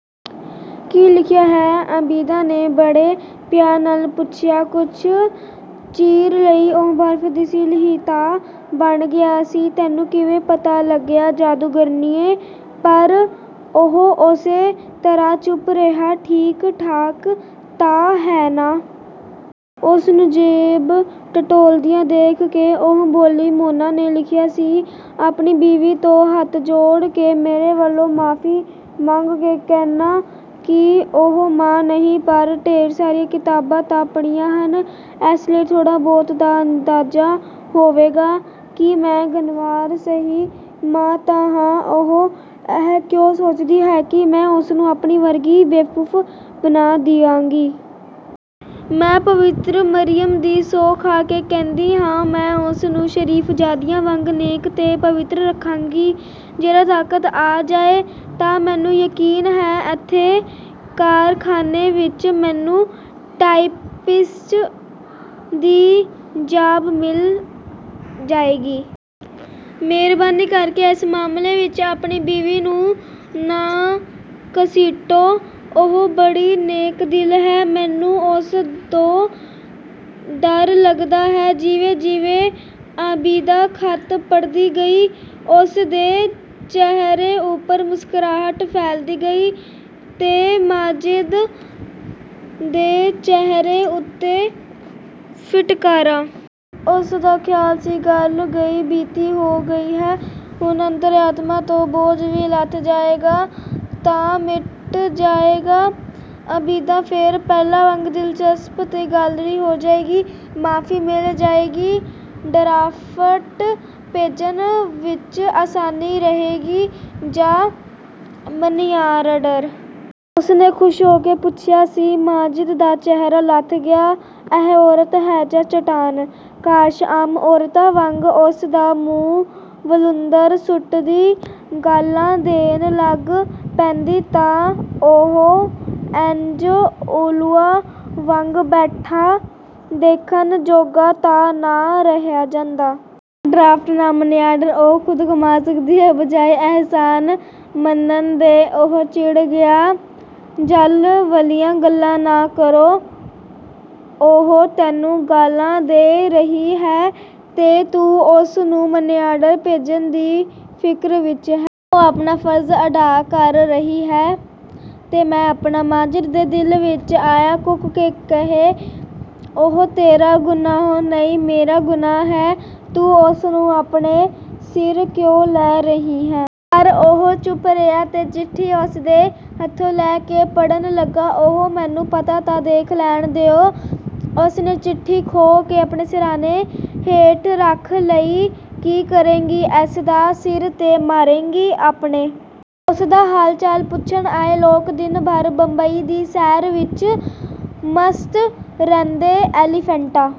"ਕੀ ਲਿਖਿਆ ਹੈ?" ਆਬਿਦਾ ਨੇ ਬੜੇ ਪਿਆਰ ਨਾਲ ਪੁੱਛਿਆ। ਕੁਝ ਚਿਰ ਲਈ ਉਹ ਬਰਫ਼ ਦੀ ਸਿਲ ਹੀ ਤਾਂ ਬਣ ਗਿਆ ਸੀ। 'ਤੈਨੂੰ ਕਿਵੇਂ ਪਤਾ ਲੱਗਿਆ, ਜਾਦੂਗਰਨੀਏ?' ਪਰ ਉਹ ਉਸੇ ਤਰ੍ਹਾਂ ਚੁੱਪ ਰਿਹਾ। "ਠੀਕ-ਠਾਕ ਤਾਂ ਹੈ ਨਾ?" ਉਸਨੂੰ ਜੇਬ ਟਟੋਲਦਿਆਂ ਦੇਖ ਕੇ ਉਹ ਬੋਲੀ। ਮੋਨਾ ਨੇ ਲਿਖਿਆ ਸੀ, ਆਪਣੀ ਬੀਵੀ ਤੋਂ ਹੱਥ ਜੋੜ ਕੇ ਮੇਰੇ ਵੱਲੋਂ ਮੁਆਫ਼ੀ ਮੰਗ ਕੇ ਕਹਿਣਾ ਕਿ ਉਹ ਮਾਂ ਨਹੀਂ, ਪਰ ਢੇਰ ਸਾਰੀਆਂ ਕਿਤਾਬਾਂ ਤਾਂ ਪੜ੍ਹੀਆਂ ਹਨ, ਇਸ ਲਈ ਥੋੜ੍ਹਾ-ਬਹੁਤ ਤਾਂ ਅੰਦਾਜ਼ਾ ਹੋਵੇਗਾ ਕਿ ਮੈਂ ਗੰਵਾਰ ਸਹੀ, ਮਾਂ ਤਾਂ ਹਾਂ- ਉਹ ਇਹ ਕਿਉਂ ਸੋਚਦੀ ਹੈ ਕਿ ਮੈਂ ਉਸਨੂੰ, ਆਪਣੇ ਵਰਗੀ ਬੇਵਕੂਫ਼ ਬਣਾ ਦਿਆਂਗੀ? ਮੈਂ ਪਵਿੱਤਰ ਮਰੀਅਮ ਦੀ ਸਹੁੰ ਖਾ ਕੇ ਕਹਿੰਦੀ ਹਾਂ, ਮੈਂ ਉਸਨੂੰ ਸ਼ਰੀਫ਼ਜ਼ਾਦੀਆਂ ਵਾਂਗ ਨੇਕ ਤੇ ਪਵਿੱਤਰ ਰੱਖਾਂਗੀ। ਜ਼ਰਾ ਤਾਕਤ ਆ ਜਾਏ ਤਾਂ ਮੈਨੂੰ ਯਕੀਨ ਹੈ, ਇੱਥੇ ਕਾਰਖਾਨੇ ਵਿੱਚ ਮੈਨੂੰ ਟਾਈਪਿਸਟ ਦੀ 'ਜਾਬ' ਮਿਲ ਜਾਏਗੀ। ਮਿਹਰਬਾਨੀ ਕਰਕੇ ਇਸ ਮਾਮਲੇ ਵਿੱਚ ਆਪਣੀ ਬੀਵੀ ਨੂੰ ਨਾ ਘਸੀਟੋ। ਉਹ ਬੜੀ ਨੇਕ ਦਿਲ ਹੈ, ਮੈਨੂੰ ਉਸ ਤੋਂ ਡਰ ਲੱਗਦਾ ਹੈ।' ਜਿਵੇਂ-ਜਿਵੇਂ ਆਬਿਦਾ ਖ਼ਤ ਪੜ੍ਹਦੀ ਗਈ ਉਸਦੇ ਚਿਹਰੇ ਉੱਪਰ ਮੁਸਕਰਾਹਟ ਫੈਲਦੀ ਗਈ ਤੇ ਮਾਜਿਦ ਦੇ ਚਿਹਰੇ ਉੱਤੇ ਫਿਟਕਾਰਾਂ। ਉਸਦਾ ਖ਼ਿਆਲ ਸੀ, ਗੱਲ ਗਈ-ਬੀਤੀ ਹੋ ਗਈ ਹੈ। ਹੁਣ ਅੰਤਰ-ਆਤਮਾ ਤੋਂ ਬੋਝ ਵੀ ਲੱਥ ਜਾਏਗਾ। ਤਣਾਅ ਮਿਟ ਜਾਏਗਾ। ਆਬਿਦਾ ਫਿਰ ਪਹਿਲਾਂ ਵਾਂਗ ਦਿਲਚਸਪ ਤੇ ਗਾਲੜੀ ਹੋ ਜਾਏਗੀ। ਮੁਆਫ਼ੀ ਮਿਲ ਜਾਏਗੀ। "ਡਰਾਫਟ ਭੇਜਣ ਵਿੱਚ ਆਸਾਨੀ ਰਹੇਗੀ ਜਾਂ ਮਨੀਆਰਡਰ?" ਉਸਨੇ ਖੁਸ਼ ਹੋ ਕੇ ਪੁੱਛਿਆ ਸੀ। ਮਾਜਿਦ ਦਾ ਚਿਹਰਾ ਲੱਥ ਗਿਆ। ਇਹ ਔਰਤ ਹੈ ਜਾਂ ਚਟਾਨ! ਕਾਸ਼ ਆਮ ਔਰਤਾਂ ਵਾਂਗ ਉਸਦਾ ਮੂੰਹ ਵਲੂੰਧਰ ਸੁੱਟਦੀ, ਗਾਲ੍ਹਾਂ ਦੇਣ ਲੱਗ ਪੈਂਦੀ ਤਾਂ ਉਹ ਇੰਜ ਊੱਲੂਆਂ ਵਾਂਗ ਬੈਠਾ, ਦੇਖਣ ਜੋਗਾ ਤਾਂ ਨਾ ਰਹਿ ਜਾਂਦਾ। "ਨਾ ਡਰਾਫਟ, ਨਾ ਮਨੀਆਰਡਰ। ਉਹ ਖ਼ੁਦ ਕਮਾ ਸਕਦੀ ਹੈ।" ਬਜਾਏ ਅਹਿਸਾਨ ਮੰਨਣ ਦੇ ਉਹ ਚਿੜ ਗਿਆ। "ਝੱਲ-ਵੱਲੀਆਂ ਗੱਲਾਂ ਨਾ ਕਰੋ।" "ਉਹ ਤੈਨੂੰ ਗਾਲ੍ਹਾਂ ਦੇ ਰਹੀ ਹੈ ਤੇ ਤੂੰ ਉਸਨੂੰ ਮਨੀਆਰਡਰ ਭੇਜਣ ਦੀ ਫਿਕਰ ਵਿੱਚ ਹੈਂ।" "ਉਹ ਆਪਣਾ ਫ਼ਰਜ਼ ਅਦਾ ਕਰ ਰਹੀ ਹੈ ਤੇ ਮੈਂ ਆਪਣਾ।" ਮਾਜਿਦ ਦੇ ਦਿਲ ਵਿੱਚ ਆਇਆ ਕੂਕ ਕੇ ਕਹੇ, 'ਉਹ ਤੇਰਾ ਗੁਨਾਹ ਨਹੀਂ, ਮੇਰਾ ਗੁਨਾਹ ਹੈ। ਤੂੰ ਉਸਨੂੰ ਆਪਣੇ ਸਿਰ ਕਿਉਂ ਲੈ ਰਹੀ ਹੈਂ'... ਪਰ ਉਹ ਚੁੱਪ ਰਿਹਾ ਤੇ ਚਿੱਠੀ ਉਸਦੇ ਹੱਥੋਂ ਲੈ ਕੇ ਪਾੜਨ ਲੱਗਾ। "ਓ-ਹੋ, ਮੈਨੂੰ ਪਤਾ ਤਾਂ ਦੇਖ ਲੈਣ ਦਿਓ।" ਉਸਨੇ ਚਿੱਠੀ ਖੋਹ ਕੇ ਆਪਣੇ ਸਿਰਹਾਣੇ ਹੇਠ ਰੱਖ ਲਈ। "ਕੀ ਕਰੇਂਗੀ ਇਸਦਾ?" "ਸਿਰ 'ਤੇ ਮਾਰੇਂਗੀ ਆਪਣੇ।" ਉਸਦਾ ਹਾਲ-ਚਾਲ ਪੁੱਛਣ ਆਏ ਲੋਕ ਦਿਨ ਭਰ ਬੰਬਈ ਦੀ ਸੈਰ ਵਿੱਚ ਮਸਤ ਰਹਿੰਦੇ। ਐਲੀਫੈਂਟਾ